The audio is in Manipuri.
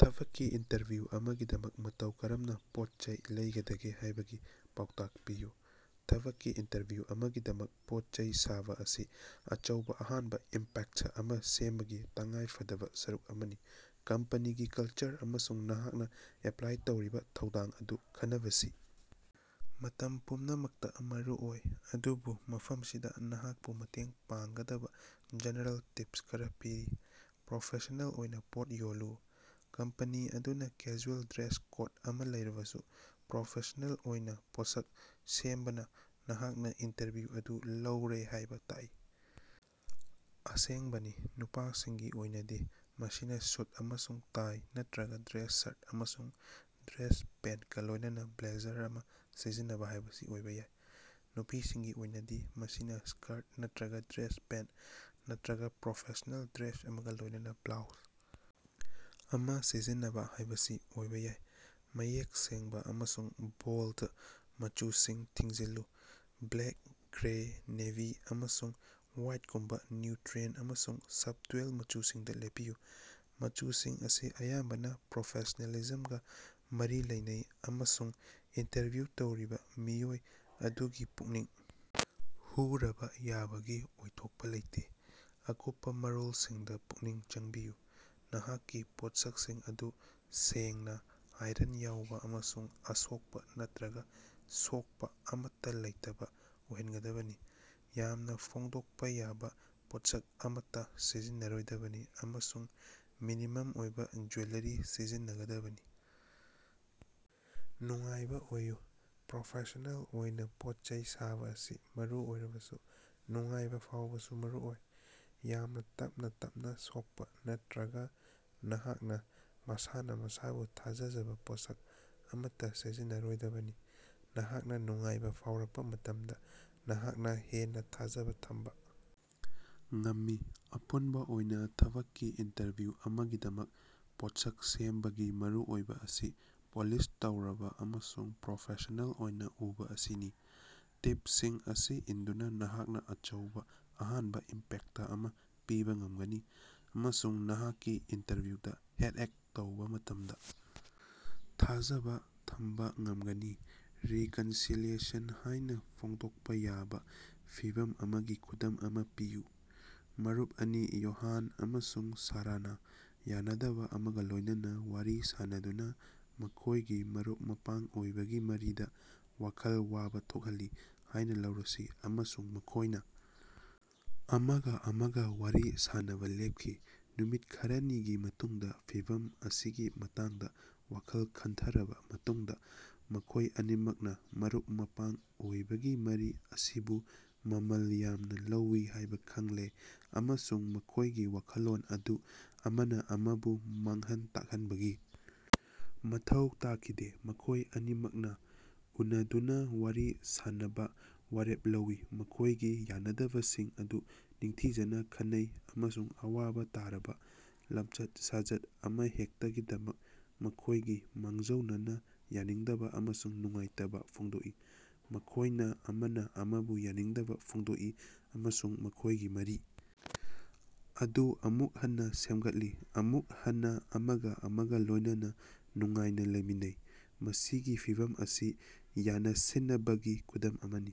ꯊꯕꯛꯀꯤ ꯏꯟꯇꯔꯚ꯭ꯌꯨ ꯑꯃꯒꯤꯗꯃꯛ ꯃꯇꯧ ꯀꯔꯝꯅ ꯄꯣꯠꯆꯩ ꯂꯩꯒꯗꯒꯦ ꯍꯥꯏꯕꯒꯤ ꯄꯥꯎꯇꯥꯛ ꯄꯤꯌꯨ꯫ ꯊꯕꯛꯀꯤ ꯏꯟꯇꯔꯚ꯭ꯌꯨ ꯑꯃꯒꯤꯗꯃꯛ ꯄꯣꯠꯆꯩ ꯁꯥꯕ ꯑꯁꯤ ꯑꯆꯧꯕ ꯑꯍꯥꯟꯕ ꯏꯝꯄꯦꯛꯇ ꯑꯃ ꯁꯦꯝꯕꯒꯤ ꯇꯉꯥꯏꯐꯗꯕ ꯁꯔꯨꯛ ꯑꯃꯅꯤ꯫ ꯀꯝꯄꯅꯤꯒꯤ ꯀꯜꯆꯔ ꯑꯃꯁꯨꯡ ꯅꯍꯥꯛꯅ ꯑꯦꯄ꯭ꯂꯥꯏ ꯇꯧꯔꯤꯕ ꯊꯧꯗꯥꯡ ꯑꯗꯨ ꯈꯟꯅꯕꯁꯤ ꯃꯇꯝ ꯄꯨꯝꯅꯃꯛꯇ ꯃꯔꯨꯑꯣꯏ ꯑꯗꯨꯕꯨ ꯃꯐꯝꯁꯤꯗ ꯅꯍꯥꯛꯄꯨ ꯃꯇꯦꯡ ꯄꯥꯡꯒꯗꯕ ꯖꯦꯅꯦꯔꯦꯜ ꯇꯤꯞꯁ ꯈꯔ ꯄꯤ: ꯄ꯭ꯔꯣꯐꯦꯁꯅꯦꯜ ꯑꯣꯏꯅ ꯄꯣꯠ ꯌꯣꯜꯂꯨ: ꯀꯝꯄꯅꯤ ꯑꯗꯨꯅ ꯀꯦꯖꯨꯑꯦꯜ ꯗ꯭ꯔꯦꯁ ꯀꯣꯗ ꯑꯃ ꯂꯩꯔꯕꯁꯨ ꯄ꯭ꯔꯣꯐꯦꯁꯅꯦꯜ ꯑꯣꯏꯅ ꯄꯣꯠꯁꯛ ꯁꯦꯝꯕꯅ ꯅꯍꯥꯛꯅ ꯏꯟꯇꯔꯚꯤꯎ ꯑꯗꯨ ꯂꯧꯔꯦ ꯍꯥꯏꯕ ꯇꯥꯛꯏ꯫ ꯑꯁꯦꯡꯕꯅꯤ ꯅꯨꯄꯥꯁꯤꯡꯒꯤ ꯑꯣꯏꯅꯗꯤ ꯃꯁꯤꯅ ꯁꯨꯠ ꯑꯃꯁꯨꯡ ꯇꯥꯏ ꯅꯠꯇ꯭ꯔꯒ ꯗ꯭ꯔꯦꯁ ꯁꯔꯠ ꯑꯃꯁꯨꯡ ꯗ꯭ꯔꯦꯁ ꯄꯦꯟꯇꯀ ꯂꯣꯏꯅꯅ ꯕ꯭ꯂꯦꯖꯔ ꯑꯃ ꯁꯤꯖꯤꯟꯅꯕ ꯍꯥꯏꯕꯁꯤ ꯑꯣꯏꯕ ꯌꯥꯏ꯫ ꯅꯨꯄꯤꯁꯤꯡꯒꯤ ꯑꯣꯏꯅꯗꯤ ꯃꯁꯤꯅ ꯁ꯭ꯀꯔꯠ ꯅꯠꯇ꯭ꯔꯒ ꯗ꯭ꯔꯦꯁ ꯄꯦꯟꯇ ꯅꯠꯇ꯭ꯔꯒ ꯄ꯭ꯔꯣꯐꯦꯁꯅꯦꯜ ꯗ꯭ꯔꯦꯁ ꯑꯃꯒ ꯂꯣꯏꯅꯅ ꯕ꯭ꯂꯣꯎꯖ ꯑꯃ ꯁꯤꯖꯤꯟꯅꯕ ꯍꯥꯏꯕꯁꯤ ꯑꯣꯏꯕ ꯌꯥꯏ꯫ ꯃꯌꯦꯛ ꯁꯦꯡꯕ ꯑꯃꯁꯨꯡ ꯕꯣꯜꯗ ꯃꯆꯨꯁꯤꯡ ꯊꯤꯡꯖꯤꯜꯂꯨ: ꯕ꯭ꯂꯦꯛ, ꯒ꯭ꯔꯦ, ꯅꯦꯚꯤ ꯑꯃꯁꯨꯡ ꯋꯥꯏꯠꯒꯨꯝꯕ ꯅ꯭ꯌꯨꯇ꯭ꯔꯤꯑꯦꯟꯇ ꯑꯃꯁꯨꯡ ꯁꯕꯗ꯭ꯌꯨꯜ ꯃꯆꯨꯁꯤꯡꯗ ꯂꯦꯞꯄꯤꯌꯨ꯫ ꯃꯆꯨꯁꯤꯡ ꯑꯁꯤ ꯑꯌꯥꯝꯕꯅ ꯄ꯭ꯔꯣꯐꯦꯁ꯭ꯅꯦꯂꯤꯖꯝꯒ ꯃꯔꯤ ꯂꯩꯅꯩ ꯑꯃꯁꯨꯡ ꯏꯟꯇꯔꯚ꯭ꯌꯨ ꯇꯧꯔꯤꯕ ꯃꯤꯑꯣꯏ ꯑꯗꯨꯒꯤ ꯄꯨꯛꯅꯤꯡ ꯍꯨꯔꯕ ꯌꯥꯕꯒꯤ ꯑꯣꯏꯊꯣꯛꯄ ꯂꯩꯇꯦ꯫ ꯑꯀꯨꯞꯄ ꯃꯔꯣꯜꯁꯤꯡꯗ ꯄꯨꯛꯅꯤꯡ ꯆꯪꯕꯤꯌꯨ: ꯅꯍꯥꯛꯀꯤ ꯄꯣꯠꯁꯛꯁꯤꯡ ꯑꯗꯨ ꯁꯦꯡꯅ, ꯑꯥꯏꯔꯟ ꯌꯥꯎꯕ ꯑꯃꯁꯨꯡ ꯑꯁꯣꯛꯄ ꯅꯠꯇ꯭ꯔꯒ ꯁꯣꯛꯄ ꯑꯃꯠꯇ ꯂꯩꯇꯕ ꯑꯣꯏꯍꯟꯒꯗꯕꯅꯤ꯫ ꯌꯥꯝꯅ ꯐꯣꯡꯗꯣꯛꯄ ꯌꯥꯕ ꯄꯣꯠꯁꯛ ꯑꯃꯠꯇ ꯁꯤꯖꯤꯟꯅꯔꯣꯏꯗꯕꯅꯤ ꯑꯃꯁꯨꯡ ꯃꯤꯅꯤꯃꯝ ꯑꯣꯏꯕ ꯖꯨꯌꯦꯂꯥꯔꯤ ꯁꯤꯖꯤꯟꯅ ꯒꯗꯕꯅꯤ꯫ ꯅꯨꯡꯉꯥꯏꯕ ꯑꯣꯏꯌꯨ: ꯄ꯭ꯔꯣꯐꯦꯁ꯭ꯅꯦꯜ ꯑꯣꯏꯅ ꯄꯣꯠꯆꯩ ꯁꯥꯕ ꯑꯁꯤ ꯃꯔꯨ ꯑꯣꯏꯔꯕꯁꯨ ꯅꯨꯡꯉꯥꯏꯕ ꯐꯥꯎꯕꯁꯨ ꯃꯔꯨ ꯑꯣꯏ꯫ ꯌꯥꯝꯅ ꯇꯞꯅ ꯇꯞꯅ ꯁꯣꯛꯄ ꯅꯠꯇ꯭ꯔꯒ ꯅꯍꯥꯛꯅ ꯃꯁꯥꯅ ꯃꯁꯥꯕꯨ ꯊꯥꯖꯖꯕ ꯄꯣꯠꯁꯛ ꯑꯃꯠꯇ ꯁꯤꯖꯤꯟꯅꯔꯣꯏꯗꯕꯅꯤ꯫ ꯅꯍꯥꯛꯅ ꯅꯨꯡꯉꯥꯏꯕ ꯐꯥꯎꯔꯛꯄ ꯃꯇꯝꯗ ꯅꯍꯥꯛꯅ ꯍꯦꯟꯅ ꯊꯥꯖꯕ ꯊꯝꯕ ꯉꯝꯃꯤ꯫ ꯑꯄꯨꯟꯕ ꯑꯣꯏꯅ, ꯊꯕꯛꯀꯤ ꯏꯟꯇꯔꯚ꯭ꯌꯨ ꯑꯃꯒꯤꯗꯃꯛ ꯄꯣꯠꯁꯛ ꯁꯦꯝꯕꯒꯤ ꯃꯔꯨꯑꯣꯏꯕ ꯑꯁꯤ ꯄꯣꯂꯤꯁ ꯇꯧꯔꯕ ꯑꯃꯁꯨꯡ ꯄ꯭ꯔꯣꯐꯦꯁ꯭ꯅꯦꯜ ꯑꯣꯏꯅ ꯎꯕ ꯑꯁꯤꯅꯤ꯫ ꯇꯤꯞꯁꯤꯡ ꯑꯁꯤ ꯏꯟꯗꯨꯅ ꯅꯍꯥꯛꯅ ꯑꯆꯧꯕ ꯑꯍꯥꯟꯕ ꯏꯝꯄꯦꯛꯇ ꯑꯃ ꯄꯤꯕ ꯉꯝꯒꯅꯤ ꯑꯃꯁꯨꯡ ꯅꯍꯥꯛꯀꯤ ꯏꯟꯇꯔꯚ꯭ꯌꯨꯗ ꯍꯦꯗ-ꯑꯦꯛ ꯇꯧꯕ ꯃꯇꯝꯗ ꯊꯥꯖꯕ ꯊꯝꯕ ꯉꯝꯒꯅꯤ꯫ "ꯔꯤꯀꯟꯁꯤꯂꯤꯌꯦꯁꯟ" ꯍꯥꯏꯅ ꯐꯣꯡꯗꯣꯛꯄ ꯌꯥꯕ ꯐꯤꯚꯝ ꯑꯃꯒꯤ ꯈꯨꯗꯝ ꯑꯃ ꯄꯤꯌꯨ꯫ ꯃꯔꯨꯞ ꯑꯅꯤ, ꯌꯣꯍꯥꯟ ꯑꯃꯁꯨꯡ ꯁꯥꯔꯥꯅꯥ ꯌꯥꯅꯗꯕ ꯑꯃꯒ ꯂꯣꯏꯅꯅ ꯋꯥꯔꯤ ꯁꯥꯅꯗꯨꯅ ꯃꯈꯣꯏꯒꯤ ꯃꯔꯨꯞ-ꯃꯄꯥꯡ ꯑꯣꯏꯕꯒꯤ ꯃꯔꯤꯗ ꯋꯥꯈꯜ ꯋꯥꯕ ꯊꯣꯛꯍꯜꯂꯤ ꯍꯥꯏꯅ ꯂꯧꯔꯁꯤ ꯑꯃꯁꯨꯡ ꯃꯈꯣꯏꯅ ꯑꯃꯒ ꯑꯃꯒ ꯋꯥꯔꯤ ꯁꯥꯅꯕ ꯂꯦꯞꯈꯤ꯫ ꯅꯨꯃꯤꯠ ꯈꯔꯅꯤꯒꯤ ꯃꯇꯨꯡꯗ ꯐꯤꯚꯝ ꯑꯁꯤꯒꯤ ꯃꯇꯥꯡꯗ ꯋꯥꯈꯜ ꯈꯟꯊꯔꯕ ꯃꯇꯨꯡꯗ ꯃꯈꯣꯏ ꯑꯅꯤꯃꯛꯅ ꯃꯔꯨꯞ-ꯃꯄꯥꯡ ꯑꯣꯏꯕꯒꯤ ꯃꯔꯤ ꯑꯁꯤꯕꯨ ꯃꯃꯜ ꯌꯥꯝꯅ ꯂꯧꯏ ꯍꯥꯏꯕ ꯈꯪꯂꯦ ꯑꯃꯁꯨꯡ ꯃꯈꯣꯏꯒꯤ ꯋꯥꯈꯜꯂꯣꯟ ꯑꯗꯨ ꯑꯃꯅ ꯑꯃꯕꯨ ꯃꯥꯡꯍꯟ ꯇꯥꯛꯍꯟꯕꯒꯤ ꯃꯊꯧ ꯇꯥꯈꯤꯗꯦ꯫ ꯃꯈꯣꯏ ꯑꯅꯤꯃꯛꯅ ꯎꯅꯗꯨꯅ ꯋꯥꯔꯤ ꯁꯥꯟꯅꯕ ꯋꯥꯔꯦꯞ ꯂꯧꯏ꯫ ꯃꯈꯣꯏꯒꯤ ꯌꯥꯅꯗꯕꯁꯤꯡ ꯑꯗꯨ ꯅꯤꯡꯊꯤꯖꯅ ꯈꯟꯅꯩ ꯑꯃꯁꯨꯡ ꯑꯋꯥꯕ ꯇꯥꯔꯕ ꯂꯝꯆꯠ-ꯁꯥꯖꯠ ꯑꯃꯍꯦꯛꯇꯒꯤꯗꯃꯛ ꯃꯈꯣꯏꯒꯤ ꯃꯥꯡꯖꯧꯅꯅ ꯌꯥꯅꯤꯡꯗꯕ ꯑꯃꯁꯨꯡ ꯅꯨꯡꯉꯥꯏꯇꯕ ꯐꯣꯡꯗꯣꯛꯏ꯫ ꯃꯈꯣꯏꯅ ꯑꯃꯅ ꯑꯃꯕꯨ ꯌꯥꯅꯤꯡꯗꯕ ꯐꯣꯡꯗꯣꯛꯏ ꯑꯃꯁꯨꯡ ꯃꯈꯣꯏꯒꯤ ꯃꯔꯤ ꯑꯗꯨ ꯑꯃꯨꯛ ꯍꯟꯅ ꯁꯦꯝꯒꯠꯂꯤ꯫ ꯑꯃꯨꯛ ꯍꯟꯅ ꯑꯃꯒ ꯑꯃꯒ ꯂꯣꯏꯅꯅ ꯅꯨꯡꯉꯥꯏꯅ ꯂꯩꯃꯤꯟꯅꯩ꯫ ꯃꯁꯤꯒꯤ ꯐꯤꯚꯝ ꯑꯁꯤ ꯌꯥꯅꯁꯤꯟꯅꯕꯒꯤ ꯈꯨꯗꯝ ꯑꯃꯅꯤ꯫